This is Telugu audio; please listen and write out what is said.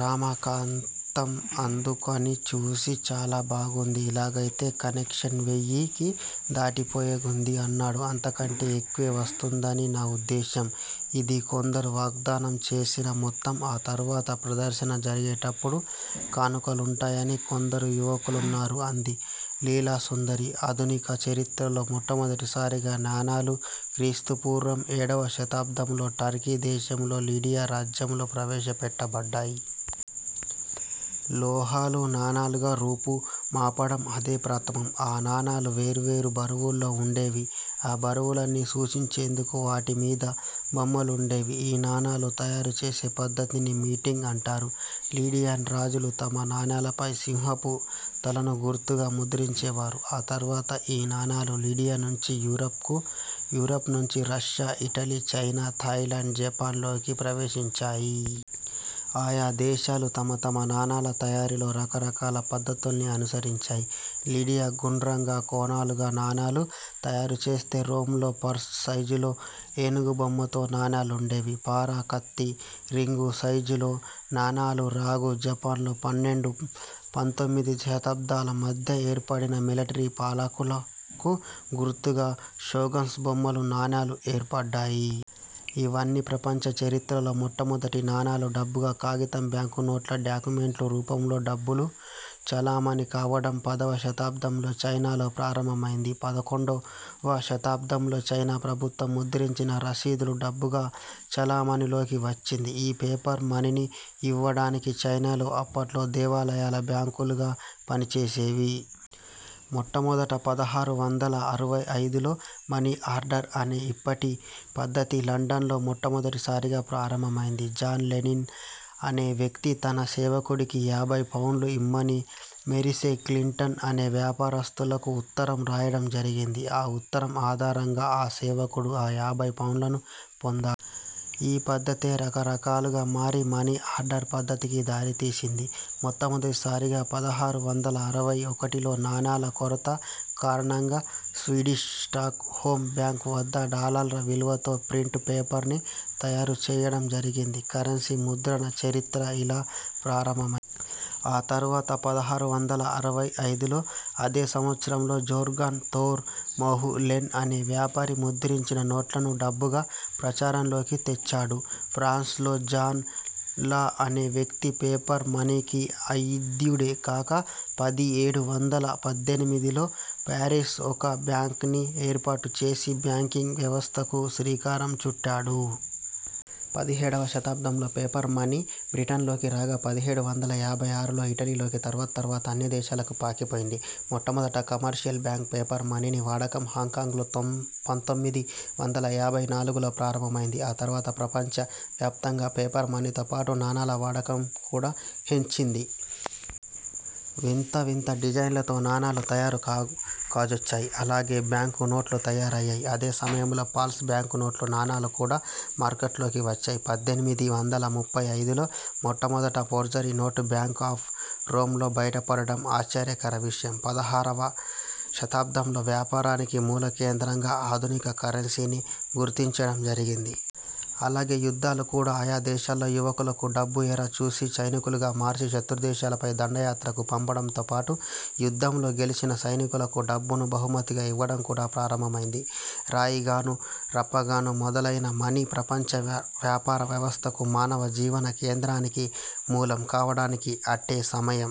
రామాకంతంఅందుకునిచూసి చాలా బాగుంది. ఇలాగయితే కలెక్షన్ వెయ్యికి దాటిపోయేలాగుంది అన్నాడు. అంతకంటే ఎక్కువే వస్తుందని నా ఉద్దేశ్యం. ఇది కొందరు వాగ్ధానం చేసిన మొత్తం. ఆ తరవాత ప్రదర్శన జరిగేటప్పుడు కానుకలుంటాయని కొందరు యువకులున్నారు అంది లీలాసుందరి. ఆధునిక చరిత్రలో మొట్టమొదటిసారిగా నాణాలు క్రీస్తుపూర్వం ఏడవ శతాబ్దంలో టర్కీ దేశంలో లిడియా రాజ్యంలో ప్రవేశపెట్టబడ్డాయి. లోహాలు, నాణాలుగా రూపుమాపడం అదే ప్రథమం. ఆ నాణాలు వేర్వేరు బరువుల్లో వుండేవి. ఆ బరువుల్ని సూచించేందుకు వాటిమీద బొమ్మలుండేవి. ఈ నాణాలు తయారుచేసే పద్ధతిని మీటింగ్ అంటారు. లిడియన్ రాజులు తమ నాణాలపై సింహపు తలను గుర్తుగా ముద్రించేవారు ఆ తర్వాత ఈ నాణాలు లిడియా నుంచి యూరప్ కు, యూరప్ నుంచి Russia, Italy, China, Thailand, Japan ల్లోకి ప్రవేశించాయి. ఆయా దేశాలు, తమ తమ నాణాల తయారీలో రకరకాల పద్ధతుల్ని అనుసరించాయి. లిడియా గుండ్రంగా, కోలగా నాణాలు తయారుచేస్తే, రోమ్ లో పర్స్ సైజులో ఏనుగుబొమ్మతో నాణాలుండేవి. పార, కత్తి, రింగు సైజులలో నాణాలు రాగా, జపాన్ లో పన్నెండు -పంతోమిది శతాబ్దాల మధ్య ఏర్పడిన మిలటరీ పాలకులకు గుర్తుగా షోగన్స్ బొమ్మల నాణాలు, ఏర్పడ్డాయి. ఇవన్నీ ప్రపంచ చరిత్రలో మొట్టమొదటి నాణాలు. డబ్బుగా కాగితం బ్యాంకునోట్లు, డాక్యుమెంట్ల రూపంలో డబ్బు చలామణీ కావడం. పదవ శతాబ్దంలో చైనాలో ప్రారంభమైంది. పడుకొండవ శతాబ్దంలో చైనా ప్రభుత్వం ముద్రించిన రసీదులు డబ్బుగా చలామణీలోకి వచ్చింది. ఈ పేపర్ మనీని యివ్వడానికి చైనాలో అప్పట్లో దేవాలయాలు బ్యాంకులుగా పనిచేసేవి. మొట్టమొదట పదహారు వందల అరవై ఐదులో మని ఆర్డర్ అనే ఇప్పటి పద్ధతి లండన్ లో మొట్టమొదటిసారిగా ప్రారంభమైంది. జాన్ లెనిన్ అనే వ్యక్తి, తన సేవకుడికి యాభై పౌండ్లు ఇమ్మని మెరిసే క్లీటన్ అనే వ్యాపారస్తులకు ఉత్తరం రాయడం జరిగింది. ఆ ఉత్తరం ఆధారంగా ఆ సేవకుడు ఆ యాభై పౌండ్లనూ పొందా. ఈ పద్ధతే రకరకాలుగా మారి మని ఆర్డర్ పద్ధతికి దారి తీసింది. మొట్టమొదటిసారిగా పదహారు వందల అరవై ఒకటిలో నాణాల కొరత కారణంగా స్వీడిష్ స్టాక్ హోం బ్యాంక్ వంద డాలర్ల విలువతో ప్రింట్ పేపర్ ని తయారు చెయ్యడం జరిగింది. కరెన్సీ ముద్రణ చరిత్ర ఇలా ప్రారంభమై. ఆ తర్వాత పదహారు వందల అరవై ఐదులో అదే సంవత్సరంలో జోర్గాన్ ధోర్ మోహ్ లెన్ అనే వ్యాపారి ముద్రించిన నోట్లను డబ్బుగా ప్రచారంలోకి తెచ్చాడు. ఫ్రాన్స్ లో జాన్ లా అనే వ్యక్తి పేపర్ మనీకి అయిద్యుడే కాక, పది ఏడు వందల పద్దెనిమిదిలో పారిస్ ఒక బ్యాంక్ ని ఏర్పాటు చేసి, బ్యాంకింగ్ వ్యవస్థకు శ్రీకారం చుట్టాడు. పదిహేడువ శతాబ్దంలో పేపర్ మనీ బ్రిటన్ లోకి రాగా, పదిహేడు వందల ఎనభై ఆరులో ఇటలీలోకి, తర్వాత్తర్వాత అన్ని దేశాలకు పాకిపోయింది. మొట్టమొదట కమర్షియల్ బ్యాంక్ పేపర్ మనీని వాడడం హాంకాంగ్ లో పంతొమ్మిది వందల యాభై నాలుగులో ప్రారంభమైంది. ఆ తర్వాత ప్రపంచ వ్యాప్తంగా పేపర్ మనీతో పాటు నాణాల వాడకం కూడా హెచ్చింది. వింత వింత డిజైన్లతో, నాణాలు తయారు కాజొచ్చాయి. అలాగే బ్యాంకు నోట్లు తయారయ్యాయి. అదే సమయంలో ఫాల్స్ బ్యాంకునోట్లు, నాణాలు కూడా మార్కెట్లోకొచ్చాయి. పద్దెనిమిది వందల ముప్పై ఐదులో మొట్టమొదట forgery note bank of Rome లో బయటపడడం ఆశ్చర్యకర విషయం- పదహారువ శతాబ్దంలో వ్యాపారానికి మూలకేంద్రంగా ఆధునిక కరెన్సీని గుర్తించడం జరిగింది. అలాగే యుద్ధాలు కూడా ఆయా దేశాల్లో యువకులకు, డబ్బు ఎర చూపి, సైనికులుగా మార్చి శత్రుదేశాలపై దండయాత్రకు పంపడంతో పాటు, యుద్ధంలో గెలిచిన సైనికులకు డబ్బును బహుమతిగా ఇవ్వడం కూడా ప్రారంభమైంది. రాయిగానూ, రప్పగానూ మొదలైన మనీ, ప్రపంచ వ్యాపార వ్యవస్థకు, మానవ జీవన కేంద్రానికి మూలం కావడానికి అట్టే సమయం